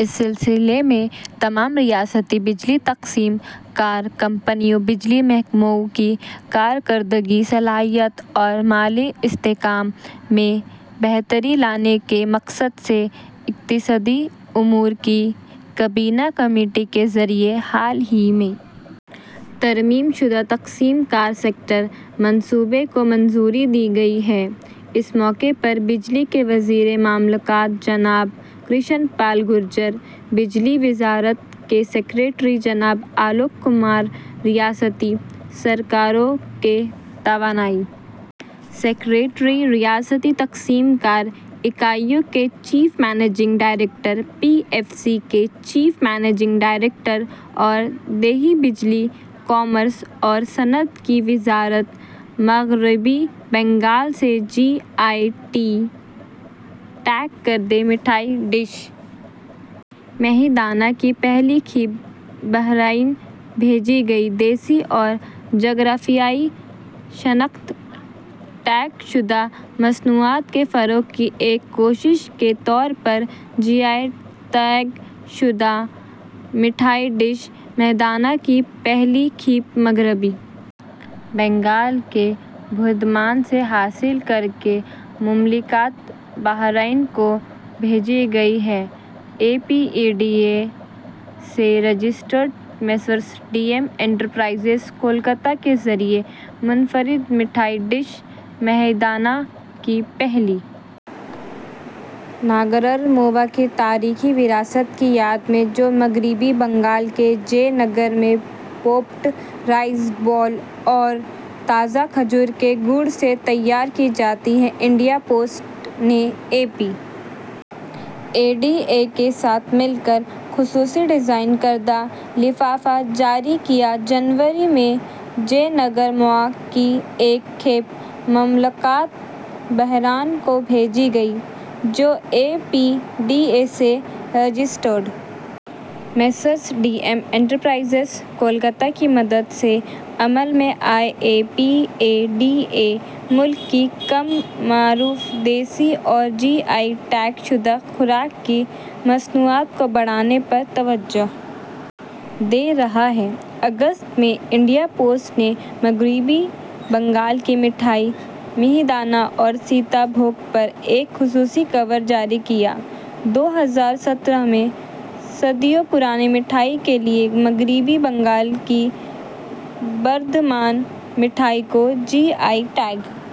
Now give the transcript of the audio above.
اس سلسلے میں تمام ریاستی بجلی تقسیم کار کمپنیوں بجلی محکموں کی کارکردگی صلاحیت اور مالی استحکام میں بہتری لانے کے مقصد سے اقتصادی امور کی کابینہ کمیٹی کے ذریعہ حال ہی میں ترمیم شدہ تقسیم کار سیکٹر منصوبے کو منظوری دی گئی ہے اس موقع پر بجلی کے وزیر مملکت جناب کرشن پال گورجر بجلی وزارت کے سیکریٹری جناب آلوک کمار ریاستی سرکاروں کے توانائی سیکریٹری ریاستی تقسیم کار اکائیوں کے chief managing director P F C کے چیف منیجنگ ڈائریکٹر اور دیہی بجلی کامرس اور صنعت کی وزارت مغربی بنگال سے جی آئی ٹیگ کردہ مٹھائی ڈش مہیدانہ کی پہلی کھیپ بحرین بھیجی گئی دیسی اور جغرافیائی شناخت ٹیگ شدہ مصنوعات کے فروغ کی ایک کوشش کے طور پر جی آئی ٹیگ شدہ مٹھائی ڈش مہیدانہ کی پہلی کھیپ مغربی بنگال کے بردھمان سے حاصل کر کے مملکت بحرین کو بھیجی گئی ہے A P E D A سے registered messrs D M enterprises Kolkata کے ذریعہ منفرد مٹھائی ڈش مہیدانہ کی پہلی ناگرر مووا کی تاریخی وراثت کی یاد میں جو مغربی بنگال کے جے نگر میں پوپڈ رائس بال اور تازہ کھجور کے گڑ سے تیار کی جاتی ہے انڈیا پوسٹ نے اے پی ای ڈی اے کے ساتھ مل کر خصوصی ڈیزائن کردہ لفافہ جاری کیا جنوری میں جے نگر موآ کی ایک کھیپ مملکت بحرین کو بھیجی گئی جو اے پی ڈی اے سے registered messrs D M enterprises Kolkata کی مدد سے عمل میں آئی اے پی ای ڈی اے ملک کی کم معروف دیسی اور جی آئی ٹیگ شدہ خوراک کی مصنوعات کو بڑھانے پر توجہ دے رہا ہے اگست میں انڈیا پوسٹ نے مغربی بنگال کی مٹھائی مہیدانہ اور سیتا بھوگ پر ایک خصوصی کور جاری کیا دو ہزار سترہ میں صدیوں پرانی مٹھائی کے لیے مغربی بنگال کی بردھمان مٹھائی کو جی آئی ٹیگ